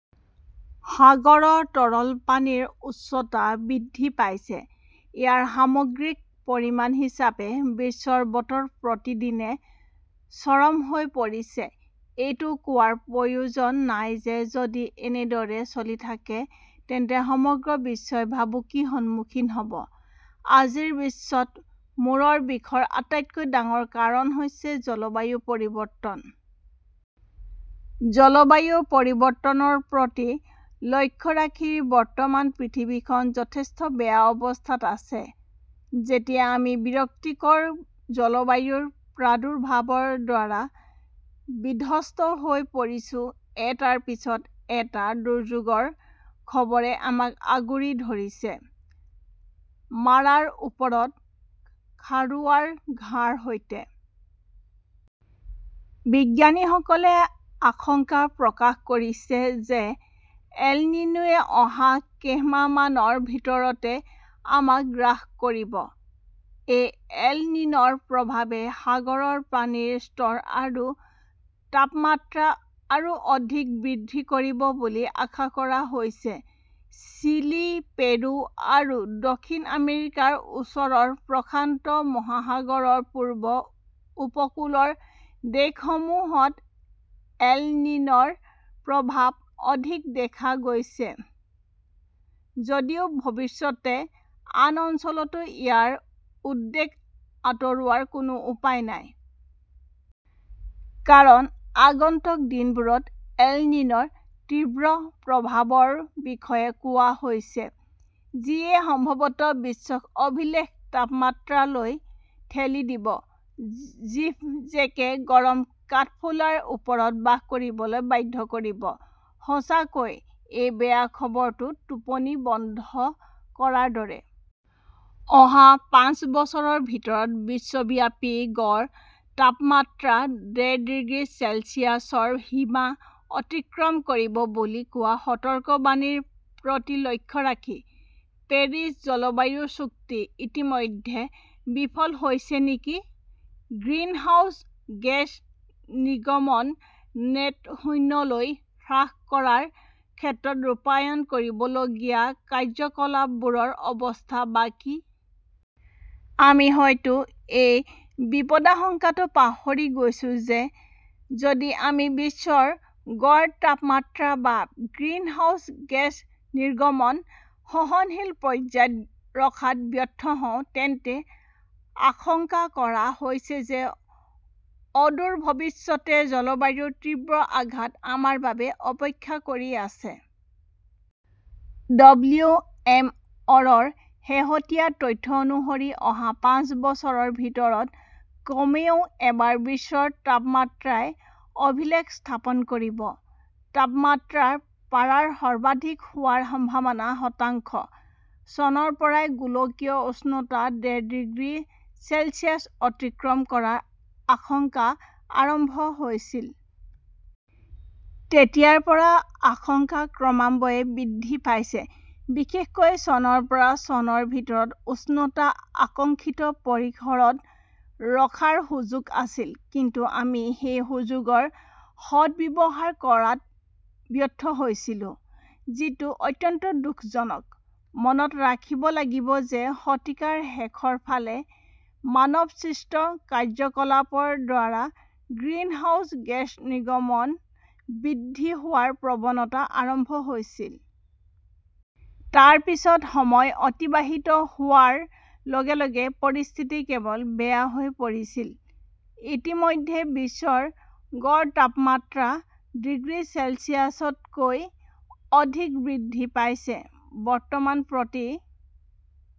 সাগৰৰ তলৰ পানীৰ উচ্চতা বৃদ্ধি পাইছে। ইয়াৰ সামগ্ৰিক পৰিণাম হিচাপে, বিশ্বৰ বতৰ প্ৰতিদিনে 'চৰম "হৈ পৰিছে। এইটো কোৱাৰ প্ৰয়োজন নাই যে যদি এনেদৰে চলি থাকে তেন্তে সমগ্ৰ বিশ্বই ভাবুকিৰ সন্মুখীন হ 'ব। আজিৰ বিশ্বত মূৰৰ বিষৰ আটাইতকৈ ডাঙৰ কাৰণ হৈছে 'জলবায়ু পৰিৱৰ্তন "। জলবায়ু পৰিৱৰ্তনৰ প্ৰতি লক্ষ্য ৰাখি বৰ্তমান পৃথিৱীখন যথেষ্ট বেয়া অৱস্থাত আছে। যেতিয়া আমি বিৰক্তিকৰ জলবায়ুৰ প্ৰাদুৰ্ভাৱৰ দ্বাৰা বিধ্বস্ত হৈ পৰিছো, এটাৰ পিছত এটা দুৰ্যোগৰ খবৰে আমাক আগুৰি ধৰিছে, মাৰাৰ ওপৰত খাৰুৱাৰ ঘাঁৰ সৈতে! বিজ্ঞানীসকলে আশংকা প্ৰকাশ কৰিছে যে এল নিনোৱে অহা কেইমাহমানৰ ভিতৰতে আমাক গ্ৰাস কৰিব। এই এল নিন "ৰ প্ৰভাৱে সাগৰৰ পানীৰ স্তৰ আৰু তাপমাত্ৰা আৰু অধিক বৃদ্ধি কৰিব বুলি আশা কৰা হৈছে। চিলি, পেৰু আৰু দক্ষিণ আমেৰিকাৰ ওচৰৰ প্ৰশান্ত মহাসাগৰৰ পূব উপকূলৰ দেশসমূহত এল নিন "ৰ প্ৰভাৱ অধিক দেখা গৈছে যদিও ভৱিষ্যতে আন অঞ্চলতো ইয়াৰ উদ্বেগ আঁতৰোৱাৰ কোনো উপায় নাই! কাৰণ, আগন্তুক দিনবোৰত এল নিন "ৰ তীব্ৰ প্ৰভাৱৰ বিষয়ে কোৱা হৈছে, যিয়ে সম্ভৱতঃ বিশ্বক অভিলেখ তাপমাত্ৰালৈ ঠেলি দিব। জিভজেকে গৰম কাঠফুলাৰ ওপৰত বাস কৰিবলৈ বাধ্য কৰিব। সঁচাকৈয়ে, এই বেয়া খবৰটো টোপনি বন্ধ কৰাৰ দৰে! অহা পাঁচ বছৰৰ ভিতৰত বিশ্বব্যাপী গড় তাপমাত্ৰা ডেৰ ডিগ্ৰী চেলছিয়াছৰ সীমা অতিক্ৰম কৰিব বুলি কোৱা সতৰ্কবাণীৰ প্ৰতি লক্ষ্য ৰাখি, 'পেৰিছ জলবায়ু চুক্তি' ইতিমধ্যে বিফল হৈছে নেকি? গ্ৰীণহাউছ গেছ নিৰ্গমন নেট শূন্যলৈ হ্ৰাস কৰাৰ ক্ষেত্ৰত ৰূপায়ণ কৰিবলগীয়া কাৰ্যকলাপবোৰৰ অৱস্থা-বা কি? আমি হয়তো এই বিপদাশংকাটো পাহৰি গৈছো যে যদি আমি বিশ্বৰ গড় তাপমাত্ৰা বা গ্ৰিনহাউজ গেছ নিৰ্গমন সহনশীল পৰ্যায়ত ৰখাত ব্যৰ্থ হওঁ, তেন্তে আশংকা কৰা হৈছে যে অদূৰ ভৱিষ্যতে 'জলবায়ুৰ তীব্ৰ আঘাত "আমাৰ বাবে অপেক্ষা কৰি আছে। ডব্লিউ. এম. অ '. -ৰ শেহতীয়া তথ্য অনুসৰি অহা পাঁচ বছৰৰ ভিতৰত কমেও এবাৰ বিশ্বৰ তাপমাত্ৰাই' অভিলেখ "স্থাপন কৰিব! তাপমাত্ৰাৰ পাৰা সৰ্বাধিক হোৱাৰ সম্ভাৱনা শতাংশ! চনৰ পৰাই গোলকীয় উষ্ণতা ডেৰ ডিগ্ৰী চেলছিয়াছ অতিক্ৰম কৰাৰ আশংকা আৰম্ভ হৈছিল। তেতিয়াৰ পৰা আশংকা ক্ৰমান্বয়ে বৃদ্ধি পাইছে। বিশেষকৈ চনৰ পৰা চনৰ ভিতৰত উষ্ণতা আকাংক্ষিত পৰিসৰত ৰখাৰ সুযোগ আছিল, কিন্তু আমি সেই সুযোগৰ সদ্ব্যৱহাৰ কৰাত ব্যৰ্থ হৈছিলো, যিটো অত্যন্ত দুখজনক। মনত ৰাখিব লাগিব যে শতিকাৰ শেষৰ ফালে মানৱসৃষ্ট কাৰ্যকলাপৰ দ্বাৰা গ্ৰীণহাউছ গেছ নিৰ্গমন বৃদ্ধি হোৱাৰ প্ৰৱণতা আৰম্ভ হৈছিল। তাৰ পিছত সময় অতিবাহিত হোৱাৰ লগে লগে পৰিস্থিতি কেৱল বেয়া হৈ পৰিছিল। ইতিমধ্যে বিশ্বৰ গড় তাপমাত্ৰা ডিগ্ৰী চেলছিয়াছতকৈ অধিক বৃদ্ধি পাইছে। বৰ্তমান প্ৰতি